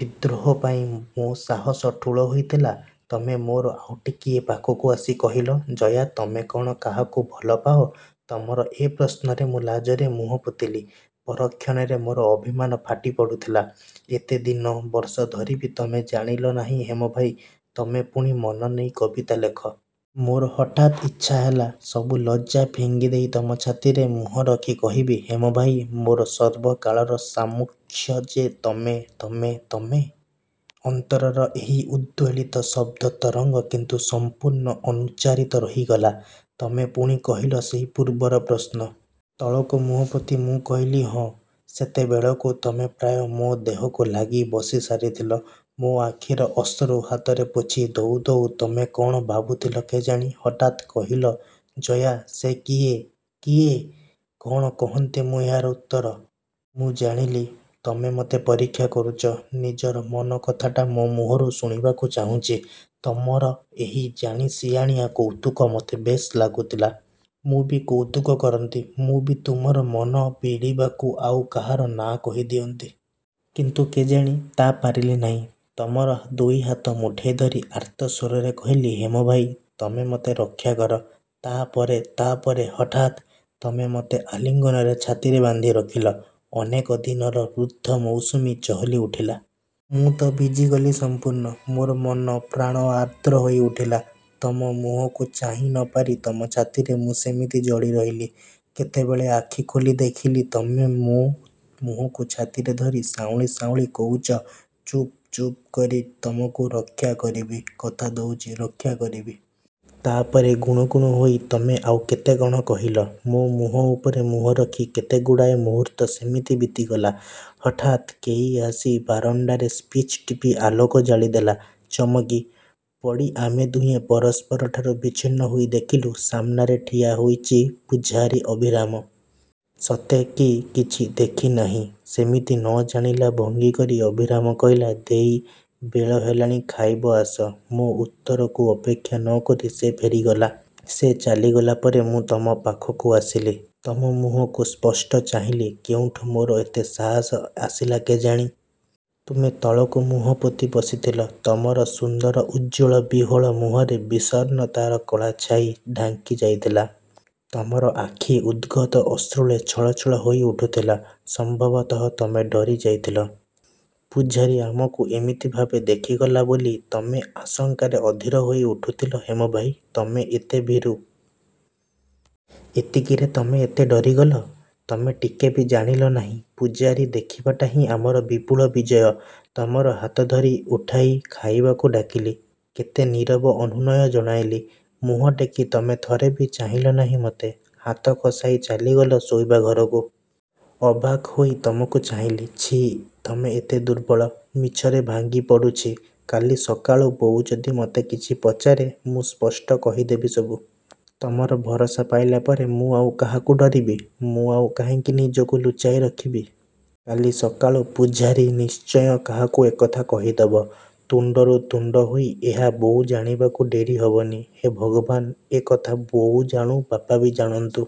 ବିଦ୍ରୋହ ପାଇଁ ମୋ ସାହସ ଠୁଳ ହୋଇଥିଲା? ତମେ ମୋର ଆଉ ଟିକିଏ ପାଖକୁ ଆସି କହିଲ, ଜୟା ତମେ କ'ଣ କାହାକୁ ଭଲ ପାଅ-? ତମର ଏ ପ୍ରଶ୍ନରେ ମୁଁ ଲାଜରେ ମୁହଁ ପୋତିଲି। ପର କ୍ଷଣରେ ମୋର ଅଭିମାନ ଫାଟି ପଡ଼ୁଥିଲା। ଏତେ ଦିନ, ବର୍ଷ ଧରି ବି ତମେ ଜାଣିଲ ନାହିଁ ହେମ ଭାଇ, ତମେ ପୁଣି ମନ ନେଇ କବିତା ଲେଖ। ମୋର ହଠାତ୍ ଇଚ୍ଛା ହେଲା, ସବୁ ଲଜ୍ଜା ଫିଙ୍ଗି ଦେଇ ତମ ଛାତିରେ ମୁହ ରଖି କହିବି, ହେମଭାଇ, ମୋର ସର୍ବକାଳର ସାମ୍ମୁଖ୍ୟ ଯେ ତମେ, ତମେ, ତମେ? ଅନ୍ତରର ଏହି ଉଦ୍ବେଳିତ ଶବ୍ଦ ତରଙ୍ଗ କିନ୍ତୁ ସଂପୂର୍ଣ୍ଣ ଅନୁଚ୍ଚାରିତ ରହିଗଲା। ତମେ ପୁଣି କହିଲ, ସେହି ପୂର୍ବର ପ୍ରଶ୍ନ। ତଳକୁ ମୁହଁ ପୋତି ମୁଁ କହିଲି ହଁ। ସେତେବେଳକୁ ତମେ ପ୍ରାୟ ମୋ ଦେହକୁ ଲାଗି ବସି ସାରିଥିଲ। ମୋ ଆଖିର ଅଶ୍ରୁ ହାତରେ ପୋଛି ଦଉ ଦଉ ତମେ କ'ଣ ଭାବୁଥିଲ କେଜାଣି। ହଠାତ୍ କହିଲ। ଜୟା, ସେ କିଏ? କିଏ? କ'ଣ କହନ୍ତି ମୁଁ ଏହାର ଉତ୍ତର? ମୁଁ ଜାଣିଲି, ତମେ ମତେ ପରୀକ୍ଷା କରୁଛ। ନିଜର ମନ କଥାଟା ମୋ ମୁହଁରୁ ଶୁଣିବାକୁ ଚାହୁଁଛି। ତମର ଏହି ଜାଣିସିଆଣିଆ କୌତୁକ ମତେ ବେଶ୍ ଲାଗୁଥିଲା। ମୁଁ ବି କୌତୁକ କରନ୍ତି; ମୁଁ ବି ତୁମର ମନ ବିଡ଼ିବାକୁ ଆଉ କାହାର ନାଁ କହି ଦିଅନ୍ତି। କିନ୍ତୁ କେଜାଣି ତା' ପାରିଲି ନାହିଁ। ତମର ଦୁଇ ହାତ ମୁଠେଇ ଧରି ଆର୍ତ୍ତ ସ୍ଵରରେ କହିଲି, ହେମ ଭାଇ, ତମେ ମତେ ରକ୍ଷା କର। ତା' ପରେ ତା' ପରେ ହଠାତ୍ ତମେ ମତେ ଆଲିଙ୍ଗନରେ ଛାତିରେ ବାନ୍ଧି ରଖିଲ। ଅନେକ ଦିନର ରୁଦ୍ଧ ମୌସୁମୀ ଚହଲି ଉଠିଲା। ମୁଁ ତ ଭିଜିଗଲି ସଂପୂର୍ଣ୍ଣ। ମୋର ମନ ପ୍ରାଣ ଆର୍ଦ୍ର ହୋଇ ଉଠିଲା। ତମ ମୁହଁକୁ ଚାହିଁ ନ ପାରି ତମ ଛାତିରେ ମୁଁ ସେମିତି ଜଡ଼ି ରହିଲି। କେତେବେଳେ ଆଖି ଖୋଲି ଦେଖିଲି, ତମେ ମୋ ମୁହଁକୁ ଛାତିରେ ଧରି ସାଉଁଳି ସାଉଁଳି କହୁଚ, ଚୁପ୍ ଚୁପ୍ କରି, ତମକୁ ରକ୍ଷା କରିବି, କଥା ଦଉଚି, ରକ୍ଷା କରିବି। ତା' ପରେ ଗୁଣୁଗୁଣୁ ହୋଇ ତମେ ଆଉ କେତେ କ'ଣ କହିଲ। ମୋ ମୁହଁ ଉପରେ ମୁହଁ ରଖି କେତେଗୁଡ଼ାଏ ମୁହୂର୍ତ୍ତ ସେମିତି ବିତିଗଲା। ହଠାତ୍ କେହି ଆସି ବାରଣ୍ଡାରେ ସ୍ପିଚ୍ ଟିପି ଆଲୋକ ଜାଳିଦେଲା। ଚମକି। ପଡ଼ି ଆମେ ଦୁହେଁ ପରସ୍ପରଠାରୁ ବିଚ୍ଛିନ୍ନ ହୋଇ ଦେଖିଲୁ, ସାମ୍ନାରେ ଠିଆ ହୋଇଚି ପୁଝାରୀ ଅଭିରାମ। ସତେ କି କିଛି ଦେଖିନାହିଁ। ସେମିତି ନ ଜାଣିଲା ଭଙ୍ଗୀ କରି ଅଭିରାମ କହିଲା–ଦେଈ, ବେଳ ହେଲାଣି ଖାଇବ ଆସ। ମୋ ଉତ୍ତରକୁ ଅପେକ୍ଷା ନ କରି ସେ ଫେରିଗଲା। ସେ ଚାଲିଗଲା ପରେ ମୁଁ ତମ ପାଖକୁ ଆସିଲି। ତମ ମୁହଁକୁ ସ୍ପଷ୍ଟ ଚାହିଁଲି, କେଉଁଠୁ ମୋର ଏତେ ସାହାସ ଆସିଲା କେଜାଣି! ତୁମେ ତଳକୁ ମୁହ ପୋତି ବସିଥିଲ। ତମର ସୁନ୍ଦର ଉଜ୍ଜ୍ୱଳ ବିହ୍ୱଳ ମୁହଁରେ ବିଷର୍ଣ୍ଣତାର କଳାଛାଇ ଢାଙ୍କି ଯାଇଥିଲା। ତମର ଆଖି ଉଦ୍ଗତ ଅଶ୍ରୁରେ ଛଳ ଛଳ ହୋଇ ଉଠୁଥିଲା। ସମ୍ଭବତଃ ତମେ ଡରି ଯାଇଥିଲ। ପୁଝାରୀ ଆମକୁ ଏମିତିଭାବେ ଦେଖିଗଲା ବୋଲି ତମେ ଆଶଙ୍କାରେ ଅଧୀର ହୋଇ ଉଠୁଥିଲ ହେମ ଭାଇ, ତମେ ଏତେ ଭୀରୁ। ଏତିକିରେ ତମେ ଏତେ ଡରିଗଲ? ତମେ ଟିକେ ବି ଜାଣିଲ ନାହିଁ, ପୁଝାରୀ ଦେଖିବାଟା ହିଁ ଆମର ବିପୁଳ ବିଜୟ। ତମର ହାତଧରି ଉଠାଇ, ଖାଇବାକୁ ଡାକିଲି। କେତେ ନୀରବ ଅନୁନୟ ଜଣାଇଲି। ମୁହଁ ଟେକି ତମେ ଥରେ ବି ଚାହିଁଲ ନାହିଁ ମତେ। ହାତ ଖସାଇ ଚାଲିଗଲ ଶୋଇବା ଘରକୁ। ଅବାକ୍ ହୋଇ ତମକୁ ଚାହିଁଲି। ଛିଃ, ତମେ ଏତେ ଦୁର୍ବଳ। ମିଛରେ ଭାଙ୍ଗି ପଡ଼ୁଛି। କାଲି ସକାଳୁ ବୋଉ ଯଦି ମତେ କିଛି ପଚାରେ, ମୁଁ ସ୍ପଷ୍ଟ କହିଦେବି ସବୁ। ତମର ଭରସା ପାଇଲା ପରେ ମୁଁ ଆଉ କାହାକୁ ଡରିବି? ମୁଁ ଆଉ କାହିଁକି ନିଜକୁ ଲୁଚାଇ ରଖିବି? କାଲି ସକାଳୁ ପୁଝାରୀ ନିଶ୍ଚୟ କାହାକୁ ଏ କଥା କହିଦବ। ତୁଣ୍ଡରୁ ତୁଣ୍ଡ ହୋଇ ଏହା ବୋଉ ଜାଣିବାକୁ ଡେରି ହବନି। ହେ ଭଗବାନ୍! ଏ କଥା ବୋଉ ଜାଣୁ, ବାପା ବି ଜାଣନ୍ତୁ।